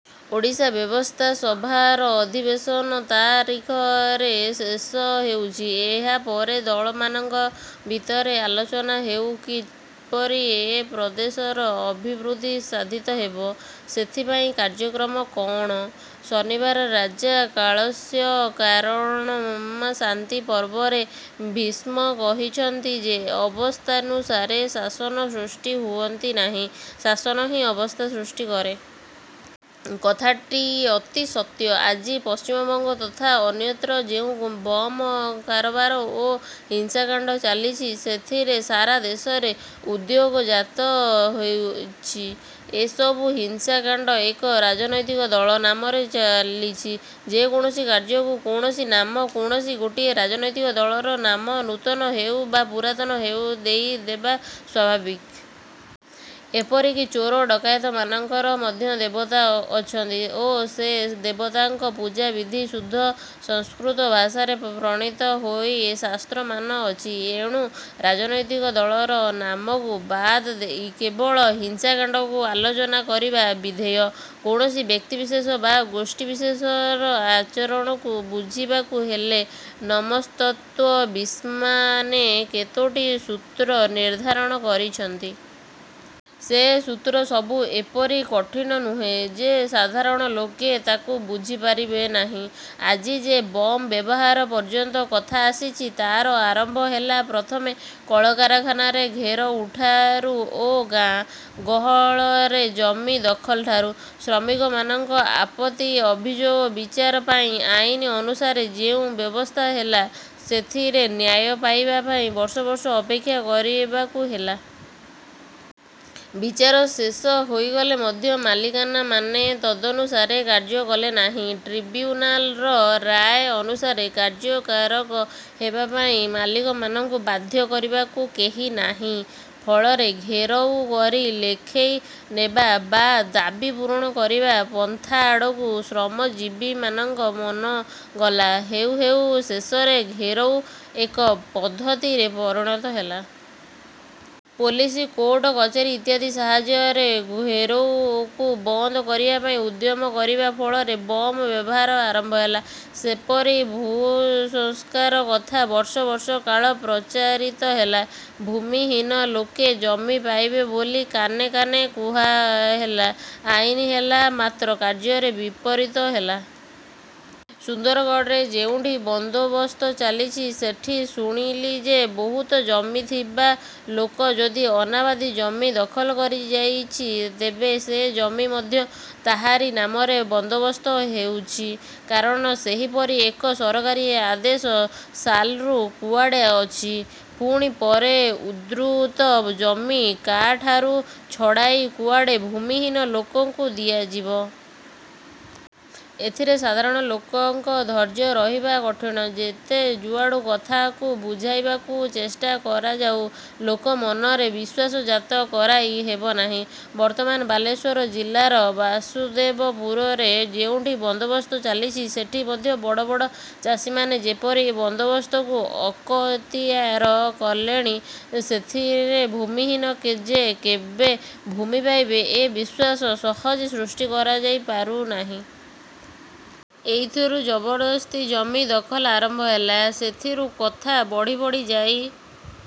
ଓଡ଼ିଶା ବ୍ୟବସ୍ଥାସଭାର ଅଧିବେଶନ ତା ରିଖରେ ଶେଷ ହେଉଛି। ଏହାପରେ ଦଳମାନଙ୍କ ଭିତରେ ଆଲୋଚନା ହେଉ କିପରି ଏ ପ୍ରଦେଶର ଅଭିବୃଦ୍ଧି ସାଧିତ ହେବ। ସେଥିପାଇଁ କାର୍ଯ୍ୟକ୍ରମ କଅଣ? ଶନିବାର ରାଜା କାଳସ୍ୟ କାରଣଂ ଶାନ୍ତିପର୍ବରେ ଭୀଷ୍ମ କହିଛନ୍ତି ଯେ ଅବସ୍ଥାନୁସାରେ ଶାସକ ସୃଷ୍ଟି ହୁଅନ୍ତି ନାହିଁ; ଶାସନ ହିଁ ଅବସ୍ଥା ସୃଷ୍ଟି କରେ। କଥାଟି ଅତି ସତ୍ୟ। ଆଜି ପଶ୍ଚିମବଙ୍ଗ ତଥା ଅନ୍ୟତ୍ର ଯେଉଁ ବମ୍ କାରବାର ଓ ହିଂସାକାଣ୍ଡ ଚାଲିଛି, ସେଥିରେ ସାରା ଦେଶରେ ଉଦ୍ବେଗ ଜାତ ହୋଇଛି। ଏ ସବୁ ହିଂସାକାଣ୍ଡ ଏକ ରାଜନୈତିକ ଦଳ ନାମରେ ଚାଲିଛି। ଯେ କୌଣସି କାର୍ଯ୍ୟକୁ କୌଣସି ନା କୌଣସି ଗୋଟିଏ ରାଜନୈତିକ ଦଳର ନାମ ନୂତନ ହେଉ ବା ପୁରାତନ ହେଉ ଦେଇଦେବା ସ୍ୱାଭାବିକ। ଏପରିକି ଚୋର ଡକାୟତମାନଙ୍କର ମଧ୍ୟ ଦେବତା ଅଛନ୍ତି ଓ ସେ ଦେବତାଙ୍କ ପୂଜାବିଧି ଶୁଦ୍ଧ ସଂସ୍କୃତ ଭାଷାରେ ପ୍ରଣୀତ ହୋଇ ଶାସ୍ତ୍ରମାନ ଅଛି। ଏଣୁ ରାଜନୈତିକ ଦଳର ନାମକୁ ବାଦ ଦେଇ କେବଳ ହିଂସାକାଣ୍ଡକୁ ଆଲୋଚନା କରିବା ବିଧେୟ। କୌଣସି ବ୍ୟକ୍ତିବିଶେଷ ବା ଗୋଷ୍ଠୀବିଶେଷର ଆଚରଣକୁ ବୁଝିବାକୁ ହେଲେ ମନସ୍ତତ୍ତ୍ୱବିଦ୍ମାନେ କେତୋଟି ସୂତ୍ର ନିର୍ଦ୍ଧାରଣ କରିଛନ୍ତି। ସେ ସୂତ୍ର ସବୁ ଏପରି କଠିନ ନୁହେଁ ଯେ ସାଧାରଣ ଲୋକେ ତାକୁ ବୁଝି ପାରିବେନାହିଁ। ଆଜି ଯେ ବମ୍ ବ୍ୟବହାର ପର୍ଯ୍ୟନ୍ତ କଥା ଆସିଛି, ତା'ର ଆରମ୍ଭ ହେଲା ପ୍ରଥମେ କଳ କାରଖାନାରେ ଘେରଉଠାରୁ ଓ ଗାଁ। ଗହଳରେ ଜମି ଦଖଲ ଠାରୁ। ଶ୍ରମିକମାନଙ୍କ ଆପତ୍ତି ଅଭିଯୋଗ ବିଚାର ପାଇଁ ଆଇନ ଅନୁସାରେ ଯେଉଁ ବ୍ୟବସ୍ଥା ହେଲା, ସେଥିରେ ନ୍ୟାୟ ପାଇବା ପାଇଁ ବର୍ଷ ବର୍ଷ ଅପେକ୍ଷା କରିବାକୁ ହେଲା। ବିଚାର ଶେଷ ହୋଇଗଲେ ମଧ୍ୟ ମାଲିକମାନେ ତଦନୁସାରେ କାର୍ଯ୍ୟ କଲେନାହିଁ। ଟ୍ରିବ୍ୟୁନାଲର ରାୟ ଅନୁସାରେ କାର୍ଯ୍ୟକାରକ ହେବା ପାଇଁ ମାଲିକମାନଙ୍କୁ ବାଧ୍ୟ କରିବାକୁ କେହି ନାହିଁ। ଫଳରେ ଘେରଉ କରି ଲେଖେଇ ନେବା ବା ଦାବି ପୂରଣ କରିବା ପନ୍ଥାଆଡ଼କୁ ଶ୍ରମଜୀବୀମାନଙ୍କ ମନ ଗଲା। ହେଉଁ ହେଉଁ ଶେଷରେ ଘେରଉ ଏକ ପଦ୍ଧତିରେ ପରିଣତ ହେଲା। ପୋଲିସ, କୋର୍ଟ କଚେରୀ ଇତ୍ୟାଦି ସାହାଯ୍ୟରେ ଘେରୋଉକୁ ବନ୍ଦ କରିବା ପାଇଁ ଉଦ୍ୟମ କରିବା ଫଳରେ ବମ୍ ବ୍ୟବହାର ଆରମ୍ଭ ହେଲା। ସେପରି ଭୂସଂସ୍କାର କଥା ବର୍ଷ ବର୍ଷ କାଳ ପ୍ରଚାରିତ ହେଲା। ଭୂମିହୀନ ଲୋକେ ଜମି ପାଇବେ ବୋଲି କାନେ କାନେ କୁହାହେଲା। ଆଇନ ହେଲା; ମାତ୍ର କାର୍ଯ୍ୟରେ ବିପରୀତ ହେଲା। ସୁନ୍ଦରଗଡ଼ରେ ଯେଉଁଠି ବନ୍ଦୋବସ୍ତ ଚାଲିଛି, ସେଠି ଶୁଣିଲି ଯେ, ବହୁତ ଜମିଥିବା ଲୋକ ଯଦି ଅନାବାଦୀ ଜମି ଦଖଲ କରିଯାଇଛି, ତେବେ ସେ ଜମି ମଧ୍ୟ ତାହାରି ନାମରେ ବନ୍ଦୋବସ୍ତ ହେଉଛି; କାରଣ ସେହିପରି ଏକ ସରକାରୀ ଆଦେଶ ସାଲରୁ କୁଆଡ଼େ ଅଛି। ପୁଣି ପରେ ଉଦ୍ବୃତ୍ତ ଜମି କା'ଠାରୁ ଛଡ଼ାଇ କୁଆଡ଼େ ଭୂମିହୀନ ଲୋକଙ୍କୁ ଦିଆଯିବ। ଏଥିରେ ସାଧାରଣ ଲୋକଙ୍କ ଧୈର୍ଯ୍ୟ ରହିବା କଠିନ। ଯେତେ ଯୁଆଡ଼ୁ କଥାଟାକୁ ବୁଝାଇବାକୁ ଚେଷ୍ଟା କରାଯାଉ, ଲୋକ ମନରେ ବିଶ୍ୱାସ ଜାତ କରାଇ ହେବନାହିଁ। ବର୍ତ୍ତମାନ ବାଲେଶ୍ୱର ଜିଲ୍ଲାର ବାସୁଦେବପୁରରେ ଯେଉଁଠି ବନ୍ଦୋବସ୍ତ ଚାଲିଛି, ସେଠି ମଧ୍ୟ ବଡ଼ ବଡ଼ ଚାଷୀମାନେ ଯେପରି ବନ୍ଦୋବସ୍ତକୁ ଅକତିୟାର କଲେଣି, ସେଥିରେ ଭୂମିହୀନ ଯେ କେବେ ଭୂମି ପାଇବେ ଏ ବିଶ୍ୱାସ ସହଜେ ସୃଷ୍ଟି କରାଯାଇ ପାରୁନାହିଁ। ଏଇଥିରୁ ଜବରଦସ୍ତି ଜମି ଦଖଲ ଆରମ୍ଭ ହେଲା। ସେଥିରୁ କଥା ବଢ଼ି ବଢ଼ି ଯାଇ